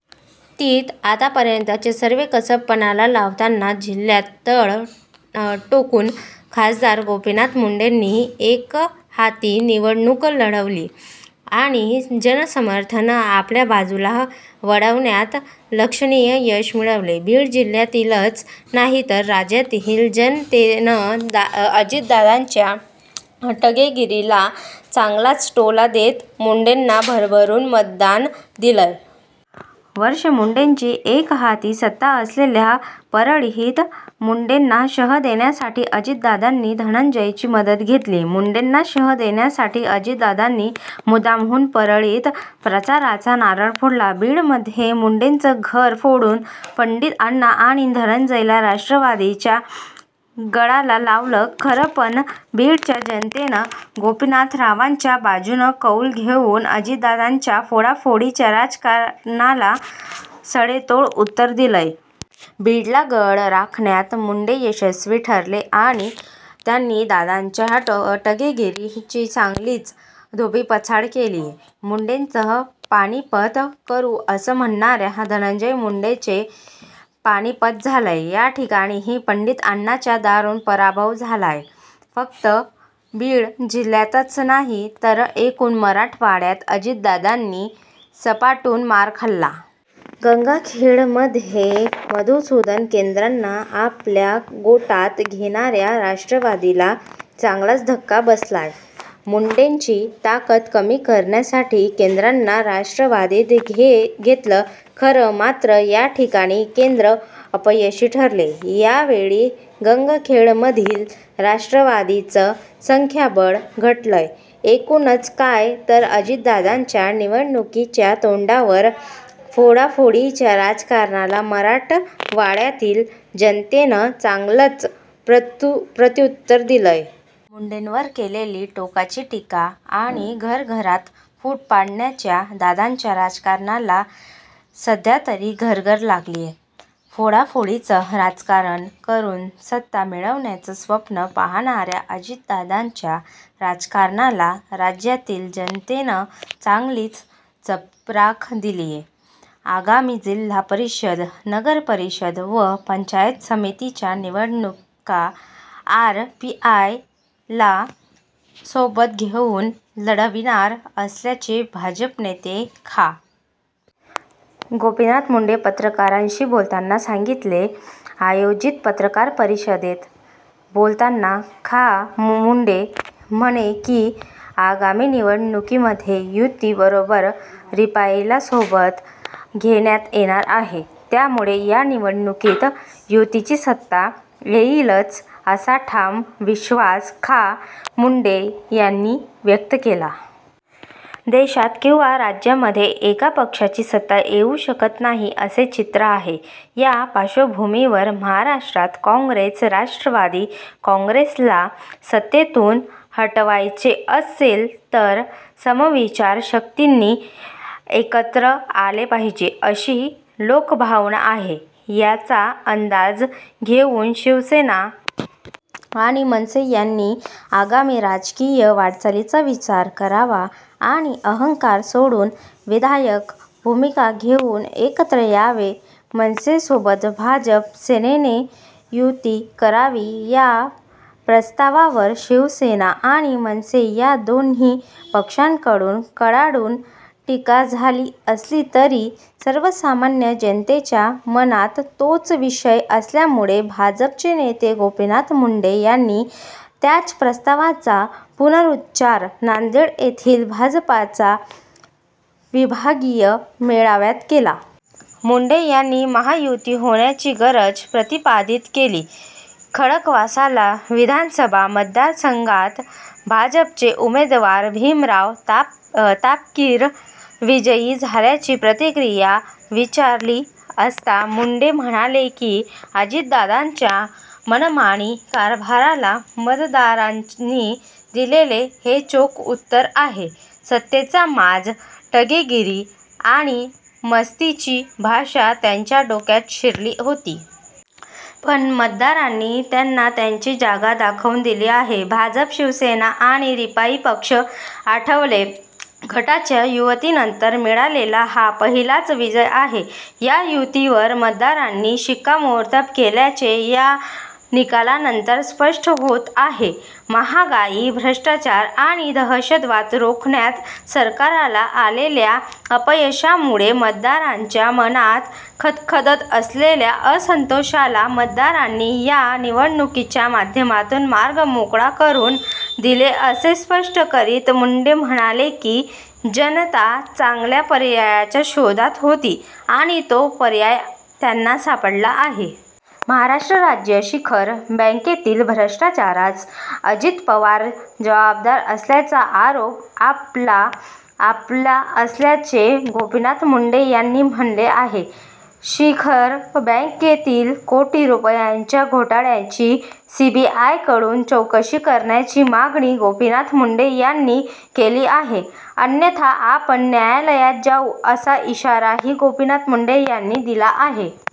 तीत आतापर्यंतचे सर्व कसब पणाला लावताना जिल्ह्य़ात तळ टोकून खासदार गोपीनाथ मुंडेंनी एकहाती निवडणूक लढविली आणि जनसमर्थन आपल्या बाजूला वळवण्यात लक्षणीय यश मिळविले. बीड जिल्ह्यातीलच नाही तर राज्यातील जनतेनं अजितदादांच्या टगेगिरीला चांगलाच टोला देत मुंडेंना भरभरून मतदान दिलंय. वर्ष मुंडेंची एकहाती सत्ता असलेल्या परळीत मुंडेंना शह देण्यासाठी अजितदादांनी धनंजयची मदत घेलली. मुंडेंना शह देण्यासाठी अजितदादांनी मुद्दामहून परळीत प्रचाराचा नारळ फोडला. बीडमध्ये मुंडेंचं घर फोडून पण्डितअण्णा आणि धनंजयला राष्ट्रवादीच्या गळाला लावलं खरं पण बीडच्या जनतेनं गोपीनाथरावांच्या बाजूनं कौल देऊन अजितदादांच्या फोडाफोडीच्या राजकारणाला सडेतोड उत्तर दिलंय. बीडला गड राखण्यात मुंडे यशस्वी ठरले आणि त्यांनी दादांच्या टगेगिरीची चांगलीच धोबीपछाड केलीय. मुंडेंचं पानिपत करू असं म्हणणाऱ्या धनंजय मुंडेंचे पानिपत झालंय. याठिकाणी पण्डितअण्णांचा दारुण पराभव झालाय. फक्त बीड जिल्ह्यातच नाही तर एकूणच मराठवाड्यात अजितदादांनी सपाटून मार खाल्ला. गंगाखेडमध्ये मधूसुदन केन्द्रेंना आपल्या गोटात घेणाऱ्या राष्ट्रवादीला चांगलाच धक्का बसलाय. मुंडेंची ताकद कमी करण्यासाठी केंद्रेंना राष्ट्रवादीत घेतलं खरं मात्र या ठिकाणी केंद्रे अपयशी ठरले. यावेळी गंगाखेडमधील राष्ट्रवादीचं संख्याबळ घटलंय. एकूणच काय तर अजितदादांच्या निवडणुकीच्या तोंडावर फोडाफोडीच्या राजकारणाला मराठवाड्यातील जनतेनं चांगलंच प्रत्यूत्तर दिलंय. मुंडेंवर केलेली टोकाची टीका आणि घर-घरात फुट पाडण्याच्या दादांच्या राजकारणाला सध्यातरी घरघर लागलीय. फोडा-फोडीचं राजकारण करून सत्ता मिळवण्याचं स्वप्न पाहणाऱ्या अजितदादांच्या राजकारणाला राज्यातील जनतेनं चांगलीच चपराक दिलीय. आगामी जिल्हा परिषद, नगर परिषद व पंचायत समितीच्या निवडणुका आरपीआयला सोबत घेऊन लढविणार असल्याचे भाजप नेते खा. गोपीनाथ मुंडे पत्रकारांशी बोलतांना सांगितले. आयोजित पत्रकार परिषदेत बोलतांना खा. मुंडे म्हणाले की, आगामी निवडणुकीमध्ये युती बरोबर रिपाईला सोबत घेण्यात येणार आहे. त्यामुळे या निवडणुकीत युतीची सत्ता येईलच असा ठाम विश्वास खा. मुंडे यांनी व्यक्त केला. देशात किंवा राज्यांमध्ये एका पक्षाची सत्ता येऊ शकत नाही असे चित्र आहे. या पार्श्वभूमीवर महाराष्ट्रात काँग्रेस-राष्ट्रवादी काँग्रेसला सत्तेतून हटवायचे असेल तर समविचारी शक्तींनी एकत्र आले पाहिजे अशी लोकभावना आहे. याचा अंदाज घेऊन शिवसेना आणि मनसे यांनी आगामी राजकीय वाटचालीचा विचार करावा आणि अहंकार सोडून विधायक भूमिका घेऊन एकत्र यावे, मनसेसोबत भाजप -सेनेने युती करावी या प्रस्तावावर शिवसेना आणि मनसे या दोन्ही पक्षांकडून कडाडून टीका झाली असली तरी सर्वसामान्य जनतेच्या मनात तोच विषय असल्यामुळे भाजपचे नेते गोपीनाथ मुंडे यांनी त्याच प्रस्तावाचा पुनरूच्चार नांदेड येथील भाजपचा विभागीय मेळाव्यात केला. मुंडे यांनी महायुती होण्याची गरज प्रतिपादित केली. खडकवासला विधानसभा मतदारसंघात भाजपचे उमेदवार भीमराव तापकीर विजयी झाल्याची प्रतिक्रिया विचारली असता मुंडे म्हणाले की, अजितदादांच्या मनमानी कारभाराला मतदारांनी दिलेले हे चोख उत्तर आहे. सत्तेचा माज, टगेगिरी आणि मस्तीची भाषा त्यांच्या डोक्यात शिरली होती. पण, मतदारांनी त्यांना त्यांची जागा दाखवून दिली आहे. भाजप, शिवसेना आणि रिपाई पक्ष आठवले गटाच्या युतीनंतर मिळालेला हा पहिलाच विजय आहे. या युतीवर मतदारांनी शिक्कामोर्तब केल्याचे या निकालानंतर स्पष्ट होत आहे. महागाई, भ्रष्टाचार आणि दहशतवाद रोखण्यात सरकारला आलेल्या अपयशामुळे मतदारांच्या मनात खदखदत असलेल्या असन्तोषाला मतदारांनी या निवडणुकीच्या माध्यमातून मार्ग मोकळा करून दिला असे स्पष्ट करीत मुंडे म्हणाले की, जनता चांगल्या पर्यायाच्या शोधात होती आणि तो पर्याय त्यांना सापडला आहे.। महाराष्ट्र राज्य शिखर बँकेतील भ्रष्टाचारास अजित पवार जबाबदार असल्याचा आरोप आपला असल्याचे गोपीनाथ मुंडे यांनी म्हणले आहे. शिखर बँकेतील कोटी रुपयांच्या घोटाळ्याची सीबीआयकडून चौकशी करण्याची मागणी गोपीनाथ मुंडे यांनी केली आहे अन्यथा आपण न्यायालयात जाऊ असा इशाराही गोपीनाथ मुंडे यांनी दिला आहे.